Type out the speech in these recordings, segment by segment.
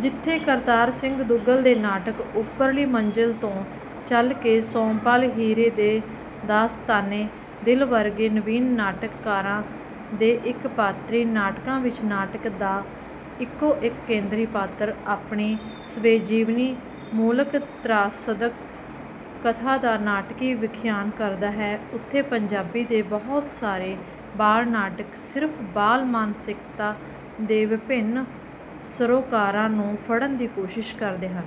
ਜਿੱਥੇ ਕਰਤਾਰ ਸਿੰਘ ਦੁੱਗਲ ਦੇ ਨਾਟਕ 'ਉੱਪਰਲੀ ਮੰਜਿਲ' ਤੋਂ ਚੱਲ ਕੇ ਸੋਮਪਾਲ ਹੀਰੇ ਦੇ 'ਦਾਸਤਾਨੇ ਦਿੱਲ' ਵਰਗੇ ਨਵੀਨ ਨਾਟਕਕਾਰਾਂ ਦੇ ਇਕ ਪਾਤਰੀ ਨਾਟਕਾਂ ਵਿਚ ਨਾਟਕ ਦਾ ਇਕੋ ਇਕ ਕੇਂਦਰੀ ਪਾਤਰ ਆਪਣੀ ਸਵੈਜੀਵਨੀ ਮੂਲਕ ਤ੍ਰਾਸਦਕ ਕਥਾ ਦਾ ਨਾਟਕੀ ਵਖਿਆਨ ਕਰਦਾ ਹੈ, ਉਥੇ ਪੰਜਾਬੀ ਦੇ ਬਹੁਤ ਸਾਰੇ ਬਾਲ ਨਾਟਕ ਸਿਰਫ਼ ਬਾਲ-ਮਾਨਸਿਕਤਾ ਦੇ ਵਿਭਿੰਨ ਸਰੋਕਾਰਾਂ ਨੂੰ ਫੜਨ੍ਹ ਦੀ ਕੋਸ਼ਿਸ਼ ਕਰਦੇ ਹਨ।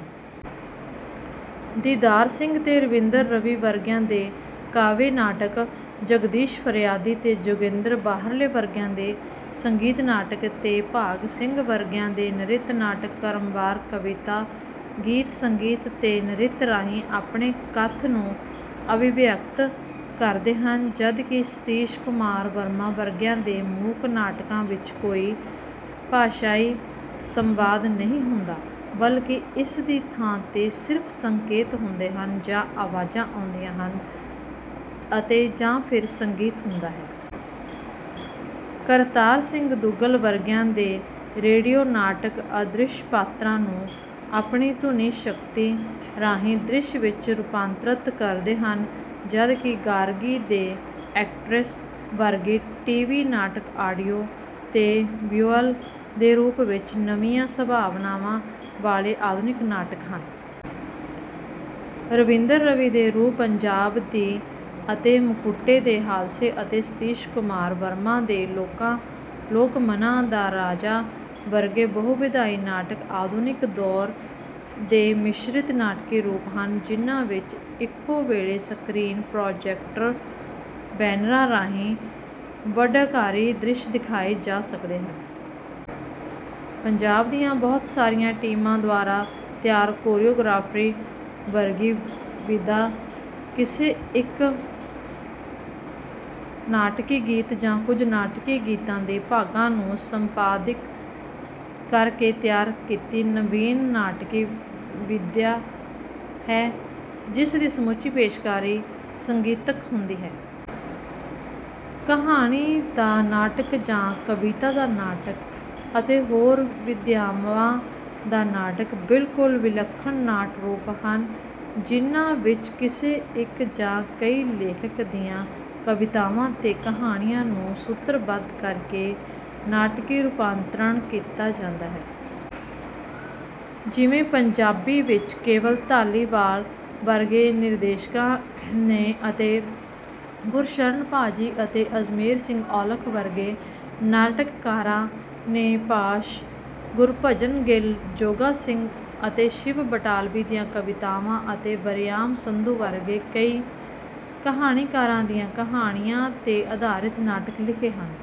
ਦੀਦਾਰ ਸਿੰਘ ਤੇ ਰਵਿੰਦਰ ਰਵੀ ਵਰਗਿਆਂ ਦੇ ਕਾਵਿ ਨਾਟਕ, ਜਗਦੀਸ਼ ਫਰਿਆਦੀ ਤੇ ਜੋਗਿੰਦਰ ਬਾਹਰਲੇ ਵਰਗਿਆਂ ਦੇ ਸੰਗੀਤ ਨਾਟਕ ਤੇ ਭਾਗ ਸਿੰਘ ਵਰਗਿਆਂ ਦੇ ਨ੍ਰਿਤ ਨਾਟਕ ਕ੍ਰਮਵਾਰ ਕਵਿਤਾ, ਗੀਤ-ਸੰਗੀਤ ਤੇ ਨ੍ਰਿਤ ਰਾਹੀਂ ਆਪਣੇ ਕੱਥ ਨੂੰ ਅਭਿਵਿਅਕਤ ਕਰਦੇ ਹਨ ਜਦ ਕਿ ਸਤੀਸ਼ ਕੁਮਾਰ ਵਰਮਾ ਵਰਗਿਆਂ ਦੇ ਮੂਕ ਨਾਟਕਾਂ ਵਿਚ ਕੋਈ ਭਾਸ਼ਾਈ ਸੰਵਾਦ ਨਹੀਂ ਹੁੰਦਾ ਬਲਕਿ ਇਸ ਦੀ ਥਾਂ ਤੇ ਸਿਰਫ ਸੰਕੇਤ ਹੁੰਦੇ ਹਨ ਜਾਂ ਆਵਾਜ਼ਾਂ ਹੁੰਦੀਆਂ ਹਨ ਅਤੇ ਜਾਂ ਫਿਰ ਸੰਗੀਤ ਹੁੰਦਾ ਹੈ। ਕਰਤਾਰ ਸਿੰਘ ਦੁੱਗਲ ਵਰਗਿਆਂ ਦੇ ਰੇਡੀਓ ਨਾਟਕ ਅਦ੍ਰਿਸ਼ ਪਾਤਰਾਂ ਨੂੰ ਆਪਣੀ ਧੁਨੀ ਸ਼ਕਤੀ ਰਾਹੀਂ ਦ੍ਰਿਸ਼ ਵਿਚ ਰੁਪਾਂਤਰਤ ਕਰਦੇ ਹਨ ਜਦ ਕਿ ਗਾਰਗੀ ਦੇ ਐਕਟ੍ਰੈਸ ਵਰਗੇ ਟੀ. ਵੀ. ਨਾਟਕ ਆਡੀਓ ਤੇ ਵਿਯੂਅਲ ਦੇ ਰੂਪ ਵਿਚ ਨਵੀਆਂ ਸੰਭਾਵਨਾਵਾਂ ਵਾਲੇ ਆਧੁਨਿਕ ਨਾਟਕ ਹਨ। ਰਵਿੰਦਰ ਰਵੀ ਦੇ 'ਰੂਹ ਪੰਜਾਬ ਦੀ' ਅਤੇ ਮੁਖੌਟੇ ਤੇ ਹਾਦਸੇ' ਅਤੇ ਸਤੀਸ਼ ਕੁਮਾਰ ਵਰਮਾ ਦੇ 'ਲੋਕ ਮਨਾਂ ਦਾ ਰਾਜਾ' ਵਰਗੇ ਬਹੁ ਵਿਧਾਈ ਨਾਟਕ ਆਧੁਨਿਕ ਦੌਰ ਦੇ ਮਿਸ਼ਰਿਤ ਨਾਟਕੀ ਰੂਪ ਹਨ ਜਿੰਨ੍ਹਾਂ ਵਿਚ ਇੱਕੋ ਵੇਲੇ ਸਕਰੀਨ, ਪ੍ਰਾਜੈਕਟਰ, ਬੈਨਰਾਂ ਰਾਹੀਂ ਵੱਡਅਕਾਰੀ ਦ੍ਰਿਸ਼ ਦਿਖਾਏ ਜਾ ਸਕਦੇ ਹਨ। ਪੰਜਾਬ ਦੀਆਂ ਬਹੁਤ ਸਾਰੀਆਂ ਟੀਮਾਂ ਦੁਆਰਾ ਤਿਆਰ ਕੋਰੀਉਗ੍ਰਾਫੀ ਵਰਗੀ ਵਿਧਾ ਕਿਸੇ ਇਕ ਨਾਟਕੀ ਗੀਤ ਜਾਂ ਕੁਝ ਨਾਟਕੀ ਗੀਤਾਂ ਦੇ ਭਾਗਾਂ ਨੂੰ ਸੰਪਾਦਿਕ ਕਰਕੇ ਤਿਆਰ ਕੀਤੀ ਨਵੀਨ ਨਾਟਕੀ ਵਿਧਾ ਹੈ ਜਿਸਦੀ ਸਮੁੱਚੀ ਪੇਸ਼ਕਾਰੀ ਸੰਗੀਤਕ ਹੁੰਦੀ ਹੈ। 'ਕਹਾਣੀ ਦਾ ਨਾਟਕ' ਜਾਂ 'ਕਵਿਤਾ ਦਾ ਨਾਟਕ' ਅਤੇ 'ਹੋਰ ਵਿਧਾਵਾਂ ਦਾ ਨਾਟਕ' ਬਿਲਕੁਲ ਵਿਲੱਖਣ ਨਾਟ ਰੂਪ ਹਨ ਜਿੰਨ੍ਹਾਂ ਵਿਚ ਕਿਸੇ ਇਕ ਜਾਂ ਕਈ ਲੇਖਕਾਂ ਦੀਆਂ ਕਵਿਤਾਵਾਂ ਤੇ ਕਹਾਣੀਆਂ ਨੂੰ ਸੁਤਰਬੱਧ ਕਰਕੇ ਨਾਟਕੀ ਰੁਪਾਂਤਰਣ ਕੀਤਾ ਜਾਂਦਾ ਹੈ। ਜਿਵੇਂ ਪੰਜਾਬੀ ਵਿਚ ਕੇਵਲ ਧਾਲੀਵਾਲ ਵਰਗੇ ਨਿਰਦੇਸ਼ਕਾਂ ਨੇ ਅਤੇ ਗੁਰਸ਼ਰਨ ਭਾ ਜੀ ਅਤੇ ਅਜਮੇਰ ਸਿੰਘ ਔਲਖ ਵਰਗੇ ਨਾਟਕਕਾਰਾਂ ਨੇ ਪਾਸ਼, ਗੁਰਭਜਨ ਗਿਲ, ਜੋਗਾ ਸਿੰਘ ਅਤੇ ਸ਼ਿਵ ਬਟਾਲਵੀ ਦੀਆਂ ਕਵਿਤਾਵਾਂ ਅਤੇ ਵਰਿਆਮ ਸੰਧੂ ਵਰਗੇ ਕਈ ਕਹਾਣੀਕਾਰਾਂ ਦੀਆਂ ਕਹਾਣੀਆਂ ਤੇ ਆਧਾਰਿਤ ਨਾਟਕ ਲਿਖੇ ਹਨ।